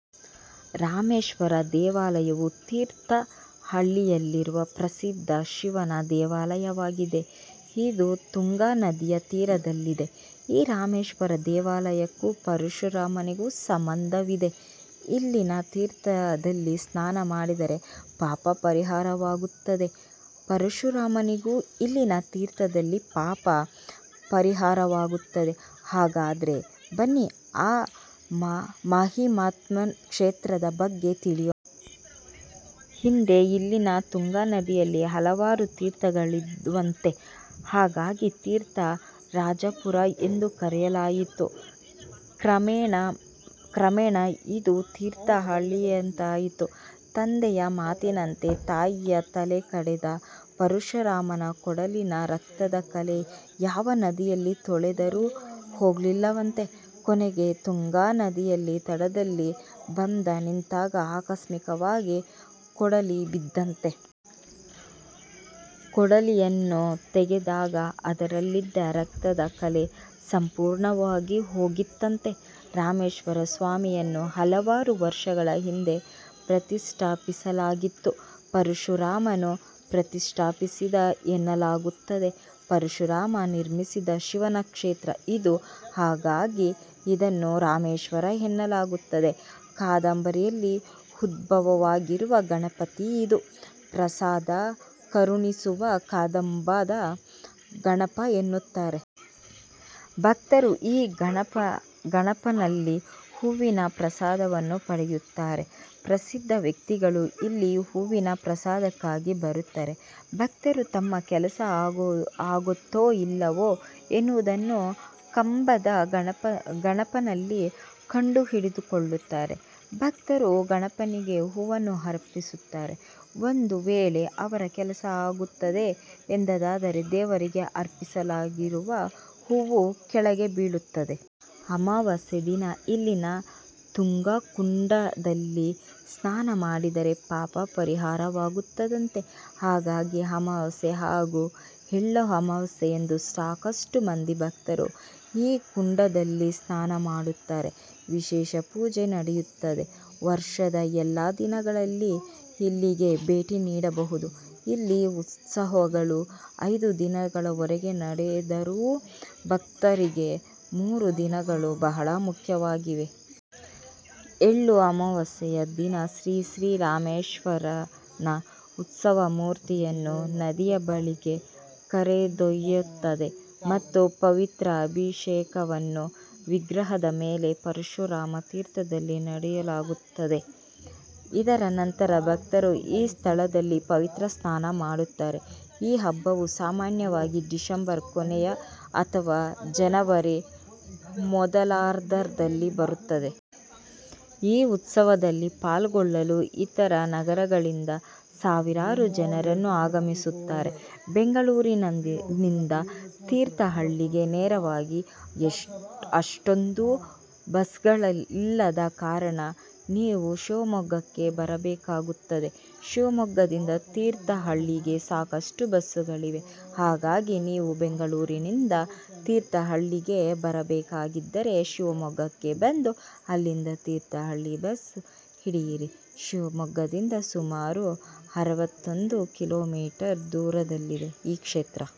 ರಾಮೇಶ್ವರ ದೇವಾಲಯವು ತೀರ್ಥಹಳ್ಳಿಯಲ್ಲಿರುವ ಪ್ರಸಿದ್ಧ ಶಿವನ ದೇವಾಲಯವಾಗಿದೆ. ಇದು ತುಂಗಾ ನದಿಯ ತೀರದಲ್ಲಿದೆ. ಈ ರಾಮೇಶ್ವರ ದೇವಾಲಯಕ್ಕೂ ಪರಶುರಾಮನಿಗೂ ಸಂಬಂಧವಿದೆ. ಇಲ್ಲಿನ ತೀರ್ಥದಲ್ಲಿ ಸ್ನಾನ ಮಾಡಿದ್ರೆ ಪಾಪ ಪರಿಹಾರವಾಗುತ್ತಂತೆ. ಪರಶುರಾಮನಿಗೂ ಇಲ್ಲಿನ ತೀರ್ಥದಲ್ಲಿ ಪಾಪ ಪರಿಹಾರವಾಗಿದೆಯಂತೆ. ಹಾಗಾದ್ರೆ ಬನ್ನಿ ಆ ಮಹಿಮಾನಿತ್ವ ಕ್ಷೇತ್ರದ ಬಗ್ಗೆ ತಿಳಿಯೋಣ. ಹಿಂದೆ ಇಲ್ಲಿನ ತುಂಗಾ ನದಿಯಲ್ಲಿ ಹಲವಾರು ತೀರ್ಥಗಳಿದ್ದವಂತೆ ಹಾಗಾಗಿ ತೀರ್ಥ ರಾಜಪುರ ಎಂದು ಕರೆಯಲಾಯಿತು. ಕ್ರಮೇಣ ಇದು ತೀರ್ಥ ಹಳ್ಳಿಯೆಂದಾಯಿತು. ತಂದೆಯ ಮಾತಿನಂತೆ ತಾಯಿಯ ತಲೆ ಕಡೆದ ಪರಶುರಾಮನ ಕೊಡಲಿಯ ರಕ್ತದ ಕಲೆ ಯಾವ ನದಿಯಲ್ಲಿ ತೊಳೆದರೂ ಹೋಗಿಲ್ಲವಂತೆ ಕೊನೆಗೆ ತುಂಗಾ ನದಿಯ ದಡದಲ್ಲಿ ಬಂದ ನಿಂತಾಗ ಆಕಸ್ಮಿಕವಾಗಿ ಕೊಡಲಿ ಬಿತ್ತಂತೆ. ಕೊಡಲಿಯನ್ನು ತೆಗೆದಾಗ ಅದರಲ್ಲಿದ್ದ ರಕ್ತದ ಕಲೆ ಸಂಪೂರ್ಣವಾಗಿ ಹೋಗಿತ್ತಂತೆ. ರಾಮೇಶ್ವರ ಸ್ವಾಮಿಯನ್ನು ಹಲವಾರು ವರ್ಷಗಳ ಹಿಂದೆ ಪ್ರತಿಷ್ಠಾಪಿಸಲಾಗಿದ್ದು, ಪರಶುರಾಮನು ಪ್ರತಿಷ್ಠಾಪಿಸಿದ ಎನ್ನಲಾಗುತ್ತದೆ. ಪರಶುರಾಮ ನಿರ್ಮಿಸಿದ ಶಿವನ ಕ್ಷೇತ್ರ ಇದು ಹಾಗಾಗಿ ಇದನ್ನು ರಾಮೇಶ್ವರ ಎನ್ನಲಾಗುತ್ತದೆ. ಕಂಬದಲ್ಲಿ ಉದ್ಭವವಾಗಿರುವ ಗಣಪತಿ ಇದು. ಪ್ರಸಾದ ಕರುಣಿಸುವ ಕಂಬದ ಗಣಪ ಎನ್ನುತ್ತಾರೆ. ಭಕ್ತರು ಈ ಗಣಪನಲ್ಲಿ ಹೂವಿನ ಪ್ರಸಾದವನ್ನು ಪಡೆಯುತ್ತಾರೆ. ಪ್ರಸಿದ್ಧ ವ್ಯಕ್ತಿಗಳು ಇಲ್ಲಿ ಹೂವಿನ ಪ್ರಸಾದಕ್ಕಾಗಿ ಬರುತ್ತಾರೆ. ಭಕ್ತರು ತಮ್ಮ ಕೆಲಸ ಆಗುತ್ತೋ ಇಲ್ಲವೂ ಎನ್ನುವುದನ್ನು ಕಂಬದ ಗಣಪನಲ್ಲಿ ಕಂಡುಕೊಳ್ಳುತ್ತಾರೆ. ಭಕ್ತರು ಗಣಪನಿಗೆ ಹೂವನ್ನು ಅರ್ಪಿಸುತ್ತಾರೆ. ಒಂದು ವೇಳೆ ಅವರ ಕೆಲಸ ಆಗುತ್ತದೆ ಎಂದಾದರೆ ದೇವರಿಗೆ ಅರ್ಪಿಸಲಾಗಿರುವ ಹೂವು ಕೆಳಗೆ ಬೀಳುತ್ತದೆ. ಅಮವಾಸ್ಯೆ ದಿನ ಇಲ್ಲಿನ ತುಂಗಾ ಕುಂಡದಲ್ಲಿ ಸ್ನಾನ ಮಾಡಿದ್ರೆ ಪಾಪ ಪರಿಹಾರವಾಗುತ್ತದಂತೆ. ಹಾಗಾಗಿ ಅಮವಾಸ್ಯೆ ಹಾಗೂ ಎಳ್ಳಮವಾಸ್ಯೆಯಂದು ಸಾಕಷ್ಟು ಮಂದಿ ಭಕ್ತರು ಈ ಕುಂಡದಲ್ಲಿ ಸ್ನಾನ ಮಾಡುತ್ತಾರೆ. ವಿಶೇಷ ಪೂಜೆ ನಡೆಯುತ್ತದೆ. ವರ್ಷದ ಎಲ್ಲಾ ದಿನಗಳಲ್ಲಿ ಇಲ್ಲಿಗೆ ಭೇಟಿ ನೀಡಬಹುದು. ಇಲ್ಲಿ ಉತ್ಸವಗಳು ಐದು ದಿನಗಳವರೆಗೆ ನಡೆದರೂ ಭಕ್ತರಿಗೆ ಮೂರು ದಿನಗಳು ಬಹಳ ಮುಖ್ಯವಾಗಿವೆ. ಎಳ್ಳು ಅಮಾವಾಸ್ಯೆಯ ದಿನ, ಶ್ರೀ ಶ್ರೀ ರಾಮೇಶ್ವರನ ಉತ್ಸವ ಮೂರ್ತಿಯನ್ನು ನದಿಯಬಳಿಗೆ ಕರೆದೊಯ್ಯುತ್ತದೆ ಮತ್ತು ಪವಿತ್ರ ಅಭಿಷೇಕವನ್ನು ವಿಗ್ರಹದ ಮೇಲೆ ಪರಶುರಾಮ ತೀರ್ಥದಲ್ಲಿ ನಡೆಸಲಾಗುತ್ತದೆ. ಇದರ ನಂತರ ಭಕ್ತರು ಈ ಸ್ಥಳದಲ್ಲಿ ಪವಿತ್ರ ಸ್ನಾನ ಮಾಡುತ್ತಾರೆ. ಈ ಹಬ್ಬವು ಸಾಮಾನ್ಯವಾಗಿ ಡಿಸೆಂಬರ್ ಕೊನೆಯ ಅಥವಾ ಜನವರಿ ಮೊದಲಾರ್ಧದಲ್ಲಿ ಬರುತ್ತದೆ. ಈ ಉತ್ಸವದಲ್ಲಿ ಪಾಲ್ಗೊಳ್ಳಲು ಇತರ ನಗರಗಳಿಂದ ಸಾವಿರಾರು ಜನರನ್ನು ಆಗಮಿಸುತ್ತಾರೆ. ಬೆಂಗಳೂರಿನಿಂದ ತೀರ್ಥಹಳ್ಳಿಗೆ ನೇರವಾಗಿ ಅಷ್ಟೊಂದು ಬಸ್ಗಳಿಲ್ಲದ ಕಾರಣ ನೀವು ಶಿವಮೊಗ್ಗಕ್ಕೆ ಬರಬೇಕಾಗುತ್ತದೆ. ಶಿವಮೊಗ್ಗದಿಂದ ತೀರ್ಥಹಳ್ಳಿಗೆ ಸಾಕಷ್ಟು ಬಸ್ಗಳಿವೆ. ಹಾಗಾಗಿ ನೀವು ಬೆಂಗಳೂರಿನಿಂದ ತೀರ್ಥಹಳ್ಳಿಗೆ ಬರಬೇಕೆಂದಿದ್ದರೆ ಶಿವಮೊಗ್ಗಕ್ಕೆ ಬಂದು ಅಲ್ಲಿಂದ ತೀರ್ಥಹಳ್ಳಿ ಬಸ್ ಹಿಡಿಯಿರಿ. ಶಿವಮೊಗ್ಗದಿಂದ ಸುಮಾರು ಅರವತ್ತೊಂದು ಕಿಲೊ ಮೀಟರ್ ದೂರದಲ್ಲಿದೆ ಈ ಕ್ಷೇತ್ರ.